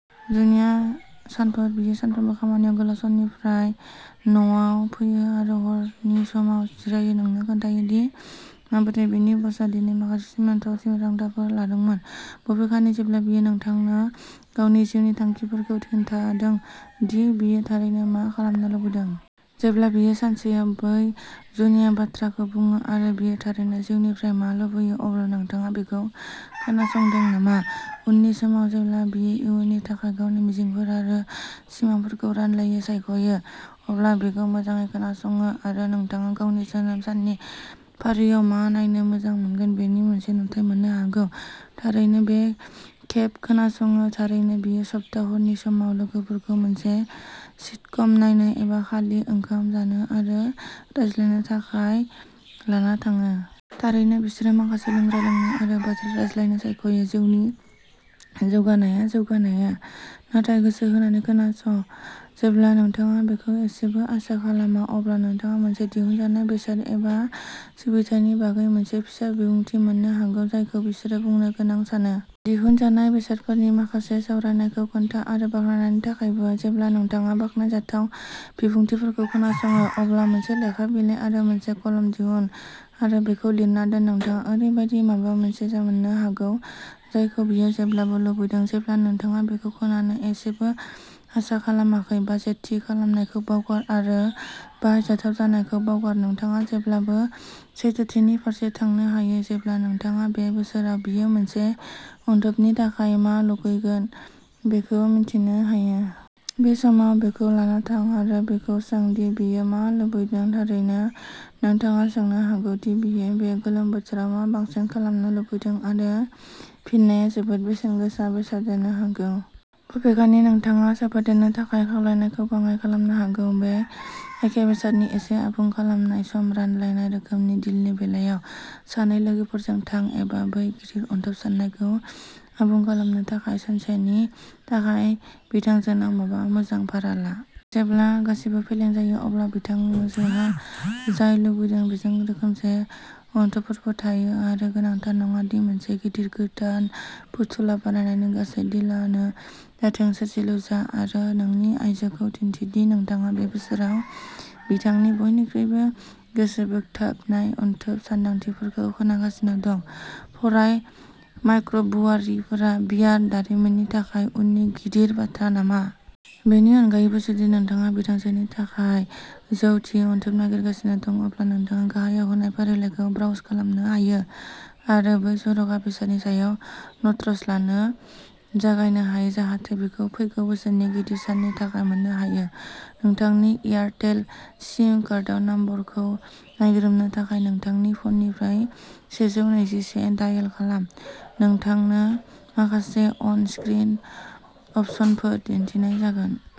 जुनिया सानफोर बियो सानफ्रोमबो खामानियाव गोलाव साननिफ्राय न'आव फैयो आरो हरनि जामुंआव जिरायो नोंनो खोन्थानो दि माबोरै बिनि बसआ दिनै माखासे सोमोनांथाव थिरांथाफोर लादोंमोन। बबेखानि, जेब्ला बियो नोंथांनो गावनि जिउनि थांखिफोरखौ खोन्थादों दि बियो थारैनो मा खालामनो लुबैदों? जेब्ला बियो सानसेआव बै जुनिया बाथ्राखौ बुङो आरो बियो थारैनो जिउनिफ्राय मा लुबैयो, अब्ला नोंथाङा बिखौ खोनासंदों नामा? उननि समाव जेब्ला बियो इयुननि थाखाय गावनि मिजिंफोर आरो सिमांफोरखौ रानलायनो सायख'यो, अब्ला बिखौ मोजाङै खोनासङो आरो नोंथाङा गावनि जोनोम साननि फारियाव मा नायनो मोजां मोनगोन बेनि मोनसे नुथाइ मोननो हागौ थारैनो बे खेब खोनासङो थारैनो, बियो सप्ता हरनि समाव लोगोफोरखौ मोनसे सिटकम नायनो एबा खालि ओंखाम जानो आरो रायज्लायनो थाखाय लाना थाङो। थारैनो, बिसोरो माखासे लोंग्रा लोंनो आरो बाथ्रा रायज्लायनो सायख'यो। जिउनि जौगानाया-जौगानाया। नाथाय गोसो होनानै खोनास, जेब्ला नोंथाङा बेखौ एसेबो आसा खालामा, अब्ला नोंथाङा मोनसे दिहुनजानाय बेसाद एबा सिबिथायनि बागै मोनसे फिसा बिबुंथि मोननो हागौ, जायखौ बिसोरो बुंनो गोनां सानो। दिहुनजानाय बेसादफोरनि माखासे सावरायनायखौ खोनथा आरो बाख्नायनायनि थाखायबो। जेब्ला नोंथाङा बाख्नायजाथाव बिबुंथिफोरखौ खोनासङो, अब्ला मोनसे लेखा बिलाइ आरो मोनसे कलम दिहुन आरो बेखौ लिरना दोन नोंथाङा ओरैबायदि माबा मोनसे मोननो हागौ जायखौ बियो जेब्लाबो लुबैदों, जेब्ला नोंथाङा बेखौ खोनानो एसेबो आसा खालामाखै बाजेट थि खालामनायखौ बावगार आरो बाहायजाथाव जानायखौ बावगार नोंथाङा जेब्लाबो सैथोथिनि फारसे थांनो हायो जेब्ला नोंथाङा बे बोसोराव बियो मोनसे अनथोबनि थाखाय मा लुबैगोन बेखौ मिथिनो हायो। बे समाव, बेखौ लाना थां आरो बिखौ सों दि बियो मा लुबैदों थारैनो, नोंथाङा सोंनो हागौ दि बियो बे गोलोम बोथोराव मा बांसिन खालामनो लुबैदों आरो फिननाया जोबोद बेसेन गोसा बेसाद जानो हागौ। बबेखानि, नोंथाङा सोफादेरनो थाखाय खावलायनायखौ बाङाय खालामनो हागौ। बै एखे बेसादनि एसे आबुं खालामनाय, सम रानलायनाय रोखोमनि डिलनि बेलायाव सानै लोगोफोरजों थां एबा बै गिदिर अनथोब साननायखौ आबुं खालामनो थाखाय सानसेनि थाखाय बिथांजोनाव माबा मोजां भारा ला। जेब्ला गासिबो फेलें जायो, अब्ला बिथांजोहा जाय लुबैदों बेजों रोखोमसे अनथोबफोरबो थायो आरो गोनांथार नङा दि मोनसे गिदिर गोदान फुथुला बायनायनि गासै डिलानो जाथों सोरजिलु जा आरो नोंनि आइजोखौ दिन्थि दि नोंथाङा बे बोसोराव बिथांनि बयनिख्रुइबो गोसोबोगथाबनाय अनथोब सानदांथिफोरखौ खोनागासिनो दं फराय माइक्रब्रुवारिफोरा बियार दारिमिननि थाखाय उननि गिदिर बाथ्रा नामा? बेनि अनगायैबो, जुदि नोंथाङा बिथांजोनि थाखाय जौ थि अनथोब नागिरगासिनो दं, अब्ला नोंथाङा गाहायाव होनाय फारिलाइखौ ब्राउज खालामनो हायो आरो बै जर'खा बेसादनि सायाव न'ट्स लानो जागायनो हायो जाहाथे बिखौ फैगौ बोसोरनि गिदिर साननि थाखाय मोननो हायो नोंथांनि एयारटेल सिम कार्डआव नम्बरखौ नायग्रोमनो थाखाय, नोंथांनि फ'ननिफ्राय सेजौनैजिसे दायेल खालाम, नोंथांनो माखासे अन स्क्रिन अपशनफोर दिन्थिनाय जागोन।